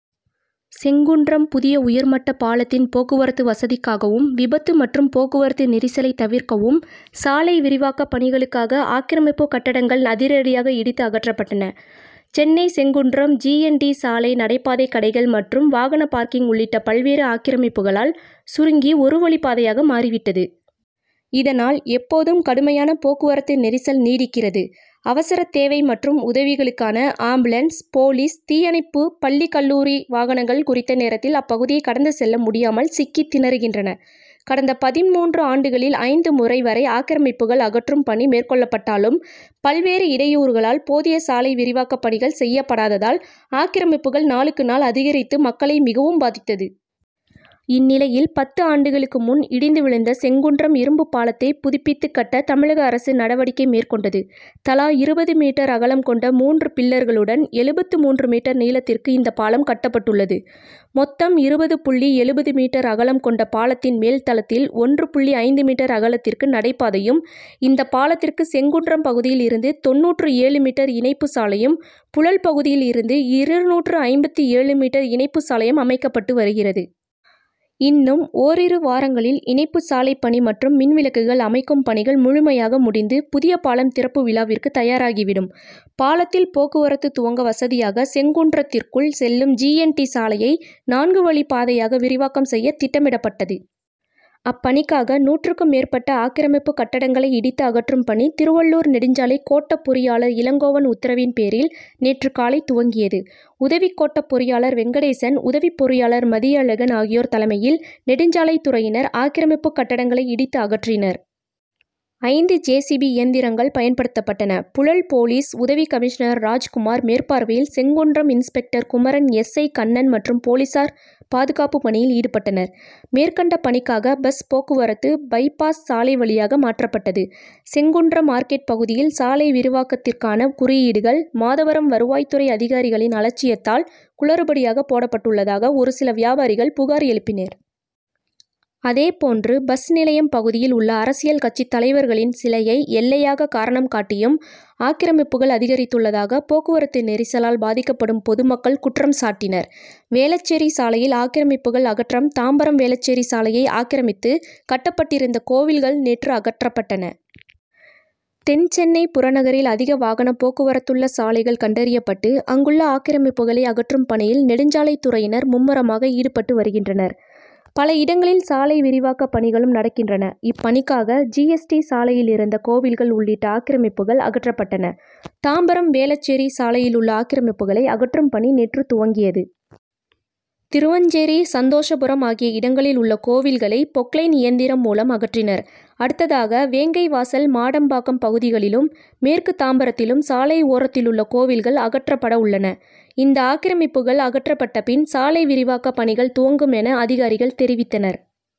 செங்குன்றம் புதிய உயர்மட்டப் பாலத்தின் போக்குவரத்து வசதிக்காகவும், விபத்து மற்றும் போக்குவரத்து நெரிசலை தவிர்க்கவும், சாலை விரிவாக்கப் பணிகளுக்காக ஆக்கிரமிப்பு கட்டடங்கள் அதிரடியாக இடித்து அகற்றப்பட்டன. Chennai Sengundram G. N. T. சாலை, நடைபாதை கடைகள் மற்றும் வாகன பார்க்கிங் உள்ளிட்ட பல்வேறு ஆக்கிரமிப்புகளால் சுருங்கி ஒரு வழிப்பாதையாக மாறிவிட்டது. இதனால், எப்போதும் கடுமையான போக்குவரத்து நெரிசல் நீடிக்கிறது. அவசர தேவை மற்றும் உதவிகளுக்கான ஆம்புலன்ஸ், போலீஸ், தீயணைப்பு, பள்ளி, கல்லூரி வாகனங்கள் குறித்த நேரத்தில் அப்பகுதியை கடந்து செல்ல முடியாமல் சிக்கித் திணறுகின்றன. கடந்த பதின்மூன்று ஆண்டுகளில் ஐந்து முறை வரை ஆக்கிரமிப்புகள் அகற்றும் பணி மேற்கொள்ளப்பட்டாலும், பல்வேறு இடையூறுகளால் போதிய சாலை விரிவாக்கப் பணிகள் செய்யப்படாததால், ஆக்கிரமிப்புகள் நாளுக்கு நாள் அதிகரித்து மக்களை மிகவும் பாதித்தது. இந்நிலையில், பத்து ஆண்டுகளுக்கு முன் இடிந்து விழுந்த செங்குன்றம் இரும்பு பாலத்தை புதுப்பித்துக் கட்ட, தமிழக அரசு நடவடிக்கை மேற்கொண்டது. தலா இருபது மீட்டர் அகலம் கொண்ட மூன்று பில்லர்களுடன் எழுபத்து மூன்று மீட்டர் நீளத்திற்கு இந்த பாலம் கட்டப்பட்டுள்ளது. மொத்தம் இருபது புள்ளி எழுபது மீட்டர் அகலம் கொண்ட பாலத்தின் மேல் தளத்தில் ஒன்று புள்ளி ஐந்து மீட்டர் அகலத்திற்கு நடை பாதையும், இந்த பாலத்திற்கு செங்குன்றம் பகுதியில் இருந்து தொண்ணூற்று ஏழு மீட்டர் இணைப்பு சாலையும், புழல் பகுதியில் இருந்து இருநூற்று ஐம்பத்து ஏழு மீட்டர் இணைப்பு சாலையும் அமைக்கப்பட்டு வருகிறது. இன்னும் ஓரிரு வாரங்களில் இணைப்புச் சாலைப்பணி மற்றும் மின் விளக்குகள் அமைக்கும் பணிகள் முழுமையாக முடிந்து, புதிய பாலம் திறப்பு விழாவிற்கு தயாராகி விடும். பாலத்தில் போக்குவரத்து துவங்க வசதியாக செங்குன்றத்திற்குள் செல்லும் ஜி. என். டி. சாலையை, நான்கு வழிப்பாதையாக விரிவாக்கம் செய்ய திட்டமிடப்பட்டது. அப்பணிக்காக நூற்றுக்கும் மேற்பட்ட ஆக்கிரமிப்பு கட்டடங்களை இடித்து அகற்றும் பணி, திருவள்ளூர் நெடுஞ்சாலை கோட்டப் பொறியாளர் இளங்கோவன் உத்தரவின் பேரில் நேற்று காலை துவங்கியது. உதவி கோட்டப் பொறியாளர் வெங்கடேசன், உதவிப் பொறியாளர் மதியழகன் ஆகியோர் தலைமையில் நெடுஞ்சாலைத் துறையினர், ஆக்கிரமிப்பு கட்டடங்களை இடித்து அகற்றினர். ஐந்து ஜே. சி. பி. இயந்திரங்கள் பயன்படுத்தப்பட்டன. புழல் போலீஸ் உதவி கமிஷனர் ராஜ்குமார் மேற்பார்வையில் Sengundram inspector Kumaran, S. I. Kannan மற்றும் போலீசார் பாதுகாப்பு பணியில் ஈடுபட்டனர். மேற்கண்ட பணிக்காக பஸ் போக்குவரத்து, பை பாஸ் சாலை வழியாக மாற்றப்பட்டது. செங்குன்றம் மார்க்கெட் பகுதியில் சாலை விரிவாக்கத்திற்கான குறியீடுகள், மாதவரம் வருவாய்த்துறை அதிகாரிகளின் அலட்சியத்தால் குளறுபடியாக போடப்பட்டுள்ளதாக, ஒரு சில வியாபாரிகள் புகார் எழுப்பினர். அதே போன்று, பஸ் நிலையம் பகுதியில் உள்ள அரசியல் கட்சித் தலைவர்களின் சிலையை, எல்லையாக காரணம் காட்டியும் ஆக்கிரமிப்புகள் அதிகரித்துள்ளதாக, போக்குவரத்து நெரிசலால் பாதிக்கப்படும் பொதுமக்கள் குற்றம் சாட்டினர். வேளச்சேரி சாலையில் ஆக்கிரமிப்புகள் அகற்றம் தாம்பரம் வேளச்சேரி சாலையை ஆக்கிரமித்து கட்டப்பட்டிருந்த கோவில்கள் நேற்று அகற்றப்பட்டன. தென்சென்னை புறநகரில் அதிக வாகன போக்குவரத்துள்ள சாலைகள் கண்டறியப்பட்டு, அங்குள்ள ஆக்கிரமிப்புக்களை அகற்றும் பணியில் நெடுஞ்சாலைத்துறையினர் மும்முரமாக ஈடுபட்டு வருகின்றனர். பல இடங்களில் சாலை விரிவாக்க பணிகளும் நடக்கின்றன. இப்பணிக்காக ஜி. எஸ். டி. சாலையிலிருந்த கோவில்கள் உள்ளிட்ட ஆக்கிரமிப்புக்கள் அகற்றப்பட்டன. தாம்பரம் வேளச்சேரி சாலையிலுள்ள ஆக்கிரமிப்புக்களை அகற்றும் பணி நேற்று துவங்கியது. திருவஞ்சேரி, சந்தோஷபுரம் ஆகிய இடங்களில் உள்ள கோவில்களை பொக்லைன் இயந்திரம் மூலம் அகற்றினர். அடுத்ததாக வேங்கைவாசல், மாடம்பாக்கம் பகுதிகளிலும், மேற்கு தாம்பரத்திலும் சாலை ஓரத்திலுள்ள கோவில்கள் அகற்றப்படவுள்ளன. இந்த ஆக்கிரமிப்புக்கள் அகற்றப்பட்ட பின், சாலை விரிவாக்க பணிகள் துவங்குமென அதிகாரிகள் தெரிவித்தனர்.